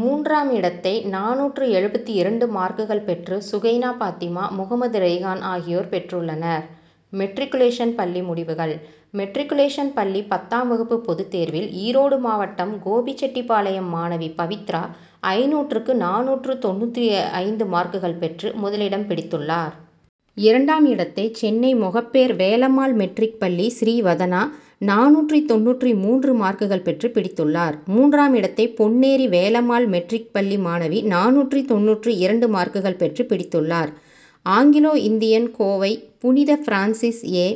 மூன்றாம் இடத்தை நானூற்று எழுபத்திரண்டு மார்க்குள் பெற்று சுகைனா பாத்திமா, முகமது ரெய்ஹான் ஆகியோர் பெற்றுள்ளனர். மெட்ரிகுலேஷன் பள்ளி முடிவுகள் மெட்ரிகுலேஷன் பள்ளி பத்தாம் வகுப்பு பொதுத்தேர்வில் ஈரோடு மாவட்டம் கோபிச்செட்டிப்பாளையம் மாணவி பவித்ரா ஐந்நூறுக்கு நானூற்று தொண்ணூற்று ஐந்து மார்க்குள் பெற்று முதலிடம் பிடித்துள்ளார். இரண்டாம் இடத்தை சென்னை மொகப்பேர் வேலம்மாள் மெட்ரிக் பள்ளி ஸ்ரீவதனா நானூற்று தொண்ணூற்று மூன்று மார்க்குள் பெற்று பிடித்துள்ளார். மூன்றாம் இடத்தை பொன்னேரி வேலம்மாள் மெட்ரிக் பள்ளி மாணவி நானூற்று தொண்ணூற்று இரண்டு மார்க்குள் பெற்று பிடித்துள்ளார். ஆங்கிலோ இந்தியன் கோவை புனித பிரான்சிஸ் ஏ.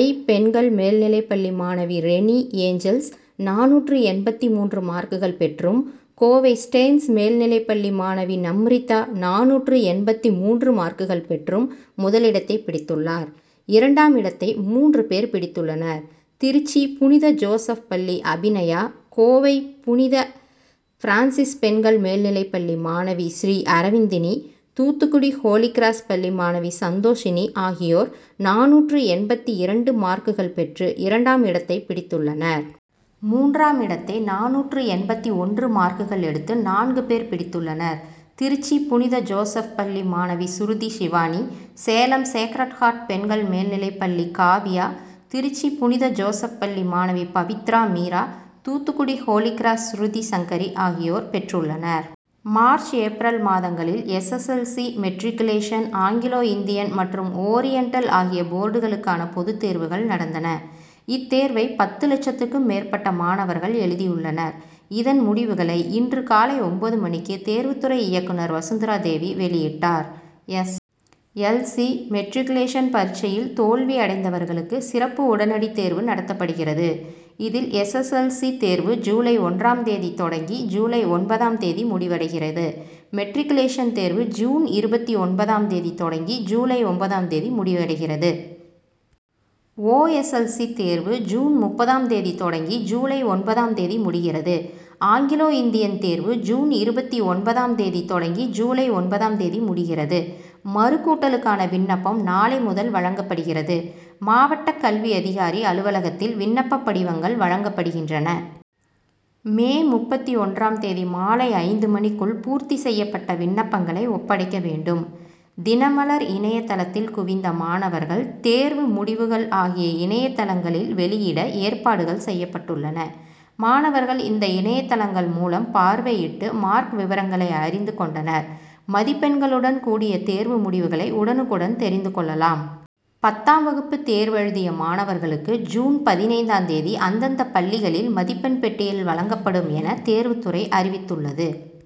ஐ., பெண்கள் மேல் நிலைப்பள்ளி மாணவி ரெணி ஏஞ்சல்ஸ் நானூற்று எண்பத்து மூன்று மார்க்குகள் பெற்றும், கோவை ஸ்டேன்ஸ் மேல்நிலைப்பள்ளி மாணவி நம்ரிதா நானூற்று எண்பத்து மூன்று மார்க்குகள் பெற்றும் முதலிடத்தைப் பிடித்துள்ளனர். இரண்டாம் இடத்தை மூன்று பேர் பிடித்துள்ளனர். திருச்சி புனித ஜோசப் பள்ளி அபிநயா, கோவை புனித பிரான்சிஸ் பெண்கள் மேல்நிலைப் பள்ளி மாணவி ஸ்ரீ அரவிந்தினி, தூத்துக்குடி ஹோலி கிராஸ் பள்ளி மாணவி சந்தோசினி ஆகியோர் நானூற்று எண்பத்திரண்டு மார்க்குகள் பெற்று இரண்டாம் இடத்தைப் பிடித்துள்ளனர். மூன்றாம் இடத்தை நானூற்று எண்பத்து ஒன்று மார்க்குகள் எடுத்து நான்கு பேர் பிடித்துள்ளனர். திருச்சி புனித ஜோசப் பள்ளி மாணவி ஸ்ருதி ஷிவானி, சேலம் சேக்ரட் ஹார்ட் பெண்கள் மேல்நிலைப் பள்ளி காவ்யா, திருச்சி புனித ஜோசப் பள்ளி மாணவி பவித்ரா மீரா, தூத்துக்குடி ஹோலி கிராஸ் ஸ்ருதி சங்கரி ஆகியோர் பெற்றுள்ளனர். மார்ச், ஏப்ரல் மாதங்களில், S. S. L. C., matriculation, Anglo Indian மற்றும் ஓரியன்டல் ஆகிய போர்டுகளுக்கான பொதுத்தேர்வுகள் நடந்தன. இத்தேர்வை, பத்து லட்சத்திற்கும் மேற்பட்ட மாணவர்கள் எழுதியுள்ளனர். இதன் முடிவுகளை, இன்று காலை ஒன்பது மணிக்கு தேர்வுத்துறை இயக்குனர் வசுந்த்ராதேவி வெளியிட்டார். எஸ். எல். சி., மெட்ரிக்குலேசன் பரீட்சையில் தோல்வி அடைந்தவர்களுக்கு சிறப்பு உடனடி தேர்வு நடத்தப்படுகிறது. இதில் எஸ். எஸ். எல். சி. தேர்வு ஜுலை ஒன்றாம் தேதி தொடங்கி ஜுலை ஒன்பதாம் தேதி முடிவடைகிறது. மெட்ரிக்குலேசன் தேர்வு ஜுன் இருபத்தொன்பதாம் தேதி தொடங்கி ஜுலை ஒன்பதாம் தேதி முடிகிறது. ஓ. எஸ். எல். சி. தேர்வு ஜுன் முப்பதாம் தேதி தொடங்கி ஜுலை ஒன்பதாம் தேதி முடிகிறது. ஆங்கிலோ இந்தியன் தேர்வு ஜுன் இருபத்தொன்பதாம் தேதி தொடங்கி ஜுலை ஒன்பதாம் தேதி முடிகிறது. மறுகூட்டலுக்கான விண்ணப்பம் நாளை முதல் வழங்கப்படுகிறது. மாவட்ட கல்வி அதிகாரி அலுவலகத்தில் விண்ணப்ப படிவங்கள் வழங்கப்படுகின்றன. மே முப்பத்தொன்றாம் தேதி மாலை ஐந்து மணிக்குள் பூர்த்தி செய்யப்பட்ட விண்ணப்பங்களை ஒப்படைக்க வேண்டும். தினமலர் இணையதளத்தில் குவிந்த மாணவர்கள் தேர்வு முடிவுகள் ஆகிய இணையதளங்களில் வெளியிட ஏற்பாடுகள் செய்யப்பட்டுள்ளன. மாணவர்கள், இந்த இணையதளங்கள் மூலம் பார்வையிட்டு மார்க் விவரங்களை அறிந்து கொண்டனர். மதிப்பெண்களுடன் கூடிய தேர்வு முடிவுகளை உடனுக்குடன் தெரிந்து கொள்ளலாம். பத்தாம் வகுப்பு தேர்வெழுதிய மாணவர்களுக்கு, ஜூன் பதினைந்து தேதி அந்தந்த பள்ளிகளில் மதிப்பெண் பட்டியல் வழங்கப்படும் என, தேர்வுத்துறை அறிவித்துள்ளது.